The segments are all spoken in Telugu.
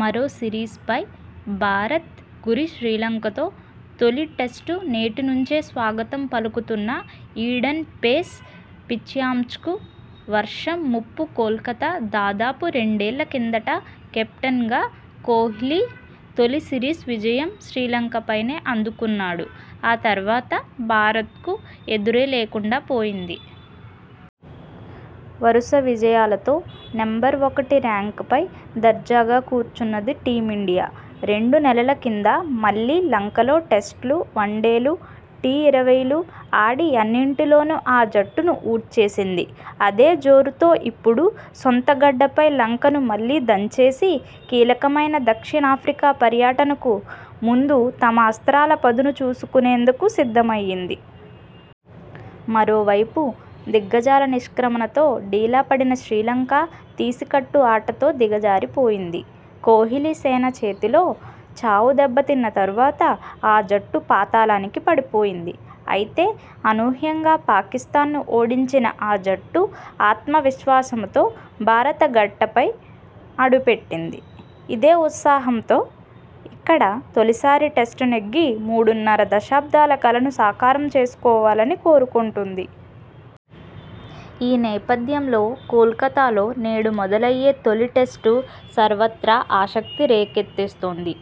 మరో సిరీస్పై భారత్ గురి శ్రీలంకతో తొలి టెస్టు నేటి నుంచే స్వాగతం పలుకుతున్న ఈడెన్ పేస్ పిచ్మ్యాచ్కు వర్షం ముప్పు కోల్కతా దాదాపు రెండేళ్ల కిందట కెప్టెన్గా కోహ్లీ తొలి సిరీస్ విజయం శ్రీలంక పైనే అందుకున్నాడు! ఆ తర్వాత భారత్కు ఎదురేలేకుండా పోయింది. వరుస విజయాలతో నెంబర్ ఒకటి ర్యాంక్పై దర్జాగా కూర్చున్నది టీమిండియా రెండు నెలల కింద మళ్లీ లంకలో టెస్టులు, వన్డేలు, టీ ఇరవైలు ఆడి అన్నింటి లోనూ ఆ జట్టును ఊడ్చేసింది అదే జోరుతో ఇప్పుడు సొంత గడ్డపై లంకను మళ్లీ దంచేసి కీలకమైన దక్షిణాఫ్రికా పర్యటనకు ముందు తమ అస్త్రాల పదును చూసుకునేందుకు సిద్ధమైంది! మరో వైపు దిగ్గజాల నిష్క్రమణతో డీలా పడిన శ్రీలంక తీసికట్టు ఆటతో దిగజారిపోయింది! కోహ్లీసేన చేతిలో చావు దెబ్బ తిన్న తర్వాత ఆ జట్టు పాతాళానికి పడిపోయింది! అయితే, అనూహ్యంగా పాకిస్థాన్ను ఓడించిన ఆ జట్టు ఆత్మవిశ్వాసంతో భారత గడ్డపై అడుపెట్టింది! ఇదే ఉత్సాహంతో ఇక్కడ తొలిసారి టెస్ట్ నెగ్గి మూడున్నర దశాబ్దాల కలను సాకారం చేసుకోవాలని కోరుకుంటోంది! ఈ నేపథ్యంలో కోల్కతాలో నేడు మొదలయ్యే తొలి టెస్టు సర్వత్రా ఆసక్తి రేకెత్తిస్తోంది!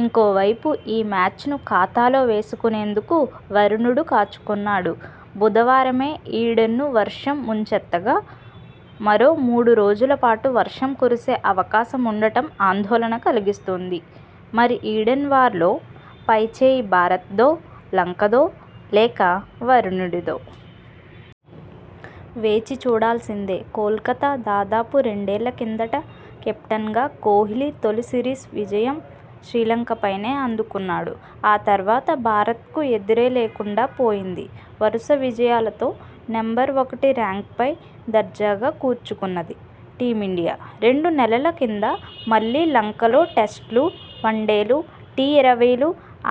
ఇంకోవైపు ఈ మ్యాచ్ను ఖాతాలో వేసుకునేందుకు వరుణుడు కాచుకున్నాడు! బుధవారమే ఈడెన్ను వర్షం ముంచెత్తగా మరో మూడు రోజుల పాటు వర్షం కురిసే అవకాశం ఉండడం ఆందోళన కలిగిస్తోంది! మరి ఈడెన్ వార్లో పై చేయి భారత్దో లంక దో లేక వరుణుడి దో! వేచి చూడాల్సిందే. కోల్కతా దాదాపు రెండేళ్ల కిందట కెప్టెన్గా కోహ్లీ తొలి సిరీస్ విజయం శ్రీలంక పైనే అందుకున్నాడు! ఆ తర్వాత భారత్కు ఎదురేలేకుండా పోయింది. వరుస విజయాలతో నెంబర్ ఒకటి ర్యాంక్పై దర్జాగా కూర్చుకున్నది టీమిండియా! రెండు నెలల కింద మళ్లీ లంకలో టెస్టులు, వన్డేలు, టీ ఇరవైలు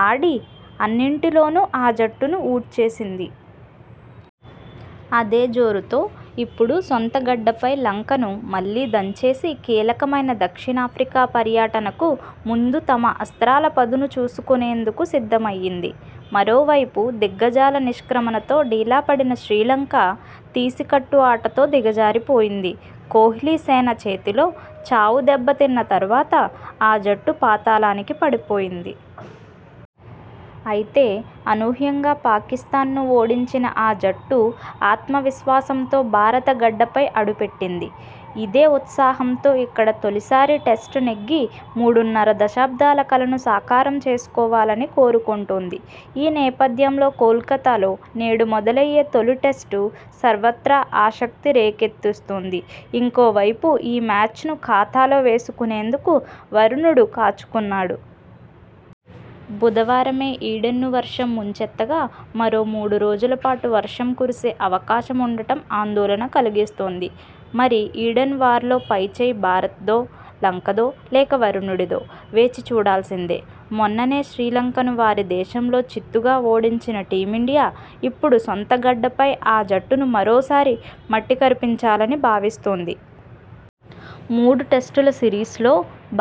ఆడి అన్నింటిలోనూ ఆ జట్టును ఊడ్చేసింది! అదే జోరుతో ఇప్పుడు సొంత గడ్డపై లంకను మళ్లీ దంచేసి కీలకమైన దక్షిణాఫ్రికా పర్యటనకు ముందు తమ అస్త్రాల పదును చూసుకునేందుకు సిద్ధమైంది! మరో వైపు దిగ్గజాల నిష్క్రమణతో డీలా పడిన శ్రీలంక తీసికట్టు ఆటతో దిగజారిపోయింది! కోహ్లీసేన చేతిలో చావు దెబ్బ తిన్న తర్వాత ఆ జట్టు పాతాళానికి పడిపోయింది! అయితే, అనూహ్యంగా పాకిస్థాన్ను ఓడించిన ఆ జట్టు ఆత్మవిశ్వాసంతో భారత గడ్డపై అడుపెట్టింది! ఇదే ఉత్సాహంతో ఇక్కడ తొలిసారి టెస్ట్ నెగ్గి మూడున్నర దశాబ్దాల కలను సాకారం చేసుకోవాలని కోరుకుంటోంది! ఈ నేపథ్యంలో కోల్కతాలో నేడు మొదలయ్యే తొలి టెస్టు సర్వత్రా ఆసక్తి రేకెత్తిస్తోంది! ఇంకో వైపు ఈ మ్యాచ్ను ఖాతాలో వేసుకునేందుకు వరుణుడు కాచుకున్నాడు! బుధవారమే ఈడెన్ను వర్షం ముంచెత్తగా మరో మూడు రోజుల పాటు వర్షం కురిసే అవకాశం ఉండడం ఆందోళన కలిగిస్తోంది మరి ఈడెన్ వార్లో పై చేయి భారత్దో. లంక దో లేక వరుణుడి దో! వేచి చూడాల్సిందే. మొన్ననే శ్రీలంకను వారి దేశంలో చిత్తుగా ఓడించిన టీమిండియా ఇప్పుడు సొంత గడ్డపై ఆ జట్టును మరోసారి మట్టి కరిపించాలని భావిస్తోంది. మూడు టెస్టుల సిరీస్లో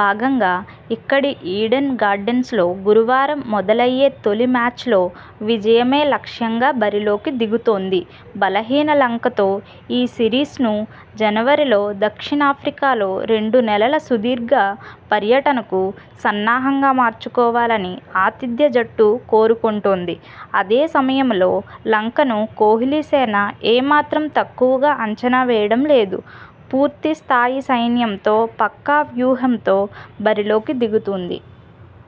భాగంగా ఇక్కడి ఈడెన్ గార్డెన్స్లో గురువారం మొదలయ్యే తొలి మ్యాచ్లో విజయమే లక్ష్యంగా బరిలోకి దిగుతోంది. బలహీన లంక తో ఈ సిరీస్ను జనవరిలో దక్షిణాఫ్రికాలో రెండు నెలల సుదీర్ఘ పర్యటనకు సన్నాహంగా మార్చుకోవాలని ఆతిథ్య జట్టు కోరుకుంటోంది. అదే సమయంలో లంక ను కోహ్లీసేన ఏ మాత్రం తక్కువగా అంచనా వేయడం లేదు. పూర్తి స్థాయి సైన్యంతో పక్కా వ్యూహంతో బరిలోకి దిగుతోంది.